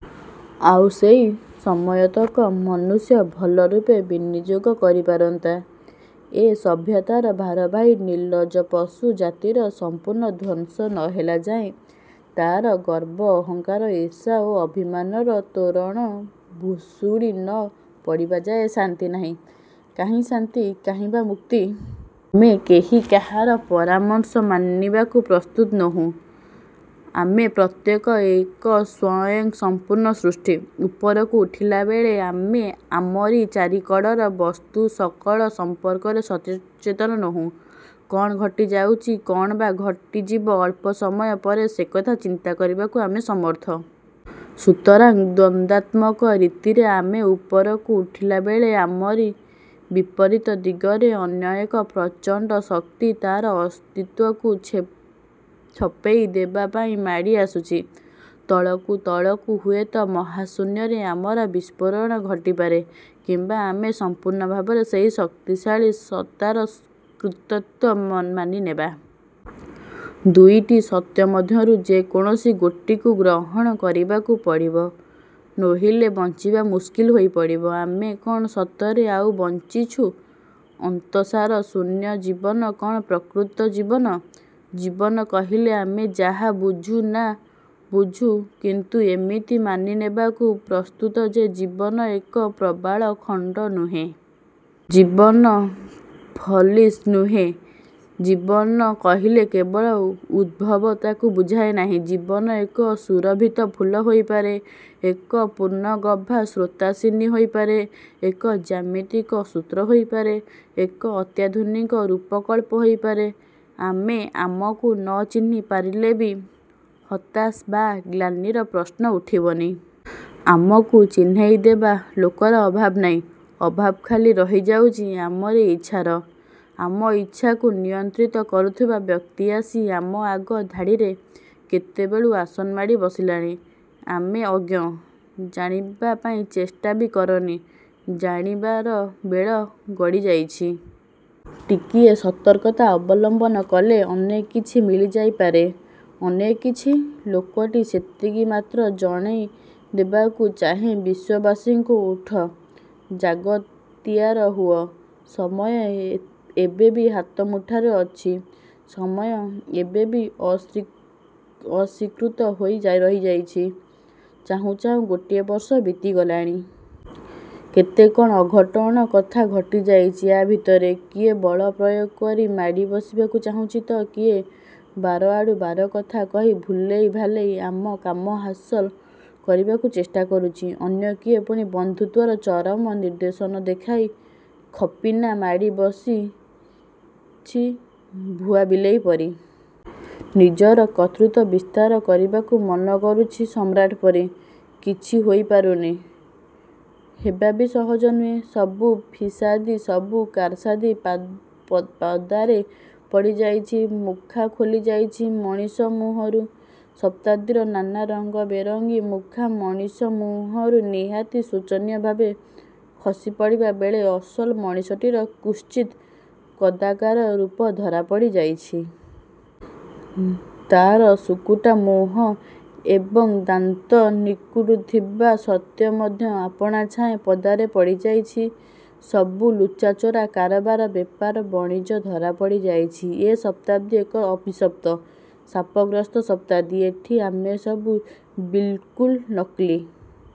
ଆଉ ସେଇ ସମୟତକ ମନୁଷ୍ୟ ଭଲରୂପେ ବିନିଯୋଗ କରିପାରନ୍ତା। ଏ ସଭ୍ୟତାର ଭାରବାହୀ ନିର୍ଲଜ୍ଜ ପଶୁ ଜାତିର ସମ୍ପୂର୍ଣ୍ଣ ଧ୍ୱଂସ ନ ହେଲାଯାଏଁ, ତା'ର ଗର୍ବ, ଅହଂକାର, ଈର୍ଷା ଓ ଅଭିମାନର ତୋରଣ ଭୁଷୁଡ଼ି ନ ପଡ଼ିବାଯାଏ ଶାନ୍ତି ନାହିଁ। କାହିଁ ଶାନ୍ତି? କାହିଁ ବା ମୁକ୍ତି? ଆମେ କେହି କାହାର ପରାମର୍ଶ ମାନିବାକୁ ପ୍ରସ୍ତୁତ ନୋହୁଁ। ଆମେ ପ୍ରତ୍ୟେକ ଏକ ସ୍ୱୟଂ ସମ୍ପୂର୍ଣ୍ଣ ସୃଷ୍ଟି। ଉପରକୁ ଉଠିଲାବେଳେ ଆମେ ଆମରି ଚାରିକଡ଼ର ବସ୍ତୁ ସକଳ ସମ୍ପର୍କରେ ସଚେତନ ନୋହୁଁ-। କ'ଣ ଘଟି ଯାଉଛି, କ'ଣ ବା ଘଟିଯିବ ଅଳ୍ପ ସମୟ ପରେ, ସେକଥା ଚିନ୍ତା କରିବାକୁ ଆମେ ସମର୍ଥ। ସୁତରାଂ ଦ୍ୱନ୍ଦାତ୍ମକ ରୀତିରେ ଆମେ ଉପରକୁ ଉଠିଲାବେଳେ ଆମରି ବିପରୀତ ଦିଗରେ ଅନ୍ୟ ଏକ ପ୍ରଚଣ୍ଡ ଶକ୍ତି ତା'ର ଅସ୍ତିତ୍ୱକୁ ଛ ଛପେଇ ଦେବା ପାଇଁ ମାଡ଼ି ଆସୁଛି-। ତଳକୁ ତଳକୁ ହୁଏତ ମହାଶୂନ୍ୟରେ ଆମର ବିସ୍ଫୋରଣ ଘଟିପାରେ। କିମ୍ବା ଆମେ ସମ୍ପୂର୍ଣ୍ଣ ଭାବରେ ସେଇ ଶକ୍ତିଶାଳୀ ସତ୍ତାର କର୍ତ୍ତୃତ୍ୱ ମାନିନେବା। ଦୁଇଟି ସତ୍ୟ ମଧ୍ୟରୁ ଯେ କୌଣସି ଗୋଟିକୁ। ଗ୍ରହଣ କରିବାକୁ ପଡ଼ିବ। ନୋହିଲେ ବଞ୍ଚିବା ମୁସ୍କିଲ ହୋଇ ପଡ଼ିବ। ଆମେ କ'ଣ ସତରେ ଆଉ ବଞ୍ଚିଛୁ? ଅନ୍ତସାର ଶୂନ୍ୟ ଜୀବନ କ'ଣ ପ୍ରକୃତ ଜୀବନ! ଜୀବନ କହିଲେ ଆମେ ଯାହା ବୁଝୁ ନାବୁଝୁ କିନ୍ତୁ ଏତିକି ମାନି ନେବାକୁ ପ୍ରସ୍ତୁତ ଯେ ଜୀବନ ଏକ ପ୍ରବାଳ ଖଣ୍ଡ ନୁହେଁ। ଜୀବନ ଫସିଲ ନୁହେଁ। ଜୀବନ କହିଲେ କେବଳ ଉଦ୍ଭଟତାକୁ ବୁଝାଏ ନାହିଁ। ଜୀବନ ଏକ ସୁରଭିତ ଫୁଲ ହୋଇପାରେ। ଏକ ପୂର୍ଣ୍ଣଗଭା ସ୍ରୋତସ୍ୱିନୀ ହୋଇପାରେ। ଏକ ଜ୍ୟାମିତିକ ସୂତ୍ର ହୋଇପାରେ। ଏକ ଅତ୍ୟାଧୁନିକ ରୂପକଳ୍ପ ହୋଇପାରେ। ଆମେ ଆମକୁ ନ ଚିହ୍ନି ପାରିଲେ ବି ହତାଶ ବା ଗ୍ଳାନିର ପ୍ରଶ୍ନ ଉଠିବନି। ଆମକୁ ଚିହ୍ନେଇ ଦେବା ଲୋକର ଅଭାବ ନାହିଁ। ଅଭାବ ଖାଲି ରହିଯାଇଛି ଆମରି ଇଚ୍ଛାର। ଆମ ଇଚ୍ଛାକୁ ନିୟନ୍ତ୍ରିତ କରୁଥିବା ବ୍ୟକ୍ତି ଆସି ଆମ ଆଗ ଧାଡ଼ିରେ କେତେବେଳୁ ଆସନ ମାଡ଼ି ବସିଲାଣି। ଆମେ ଅଜ୍ଞ। ଜାଣିବା ପାଇଁ ଚେଷ୍ଟା ବି କରନି। ଜାଣିବାର ବେଳ ଗଡ଼ି ଯାଇଚି। ଟିକିଏ ସତର୍କତା ଅବଲୟନ କଲେ ଅନେକ କିଛି ମିଳିଯାଇ ପାରେ। ଅନେକ କିଛି। ଲୋକଟି ସେତିକି ମାତ୍ର ଜଣେଇ ଦେବାକୁ ଚାହେଁ ବିଶ୍ୱବାସୀଙ୍କୁ। ଉଠ। ଜାଗତିଆର ହୁଅ। ସମୟ ଏବେ ବି ହାତ ମୁଠାରେ ଅଛି। ସମୟ ଏବେ ବି ଅସ୍ୱୀକୃତ ହୋଇ ରହିଯାଇଛି। ଚାହୁଁ ଚାହୁଁ ଗୋଟାଏ ବର୍ଷ ବିତିଗଲାଣି। କେତେ କ'ଣ ଅଘଟଣା କଥା ଘଟି ଯାଇଛି ୟା' ଭିତରେ। କିଏ ବଳ ପ୍ରୟୋଗ କରି ମାଡ଼ି ବସିବାକୁ ଚାହୁଁଛି ତ କିଏ ବାରଆଡ଼ୁ ବାରକଥା କହି ଭୁଲେଇ ଭାଲେଇ କାମ ହାସଲ କରିବାକୁ ଚେଷ୍ଟା କରୁଛି। ଅନ୍ୟ କିଏ ପୁଣି ବନ୍ଧୁତ୍ୱର ଚରମ ନିଦର୍ଶନ ଦେଖାଇ ଖପ୍କିନା ମାଡ଼ି ବସୁଛି ଭୁଆ ବିଲେଇ ପରି। ନିଜର କର୍ତ୍ତୃତ୍ୱ ବିସ୍ତାର କରିବାକୁ ମନ କରୁଛି ସମ୍ରାଟ ପରି। କିଛି ହୋଇ ପାରୁନି। ହେବାବି ସହଜ ନୁହେଁ। ସବୁ ଫିସାଦି, ସବୁ କାରସାଦି ପଦାରେ ପଡ଼ିଯାଇଛି। ମୁଖା ଖୋଲି ଯାଇଛି ମଣିଷ ମୁହଁରୁ। ଶତାବ୍ଦୀର ନାନା ରଙ୍ଗ ବେରଙ୍ଗୀ ମୁଖା ମଣିଷ ମୁହଁରୁ ନିହାତି ଶୋଚନୀୟ ଭାବେ ଖସି ପଡ଼ିବାବେଳେ ଅସଲ ମଣିଷଟିର କୁତ୍ସିତ କଦାକାର ରୂପ ଧରା ପଡ଼ିଯାଇଛି। ତା'ର ଶୁକୁଟା ମୁହଁ ଏବଂ ଦାନ୍ତ ନିକୁଟୁଥିବା ସତ୍ୟ ମଧ୍ୟ ଆପଣାଛାଏଁ ପଦାରେ ପଡ଼ିଯାଇଛି। ସବୁ ଲୁଚାଚୋରା କାରବାର, ବେପାର ବଣିଜ ଧରା ପଡ଼ିଯାଇଛି। ଏ ଶତାବ୍ଦୀ ଏକ ଅଭିଶପ୍ତ। ଶାପଗ୍ରସ୍ତ ଶତାବ୍ଦୀ! ଏଠି ଆମେସବୁ ବିଲ୍କୁଲ, ନକଲି।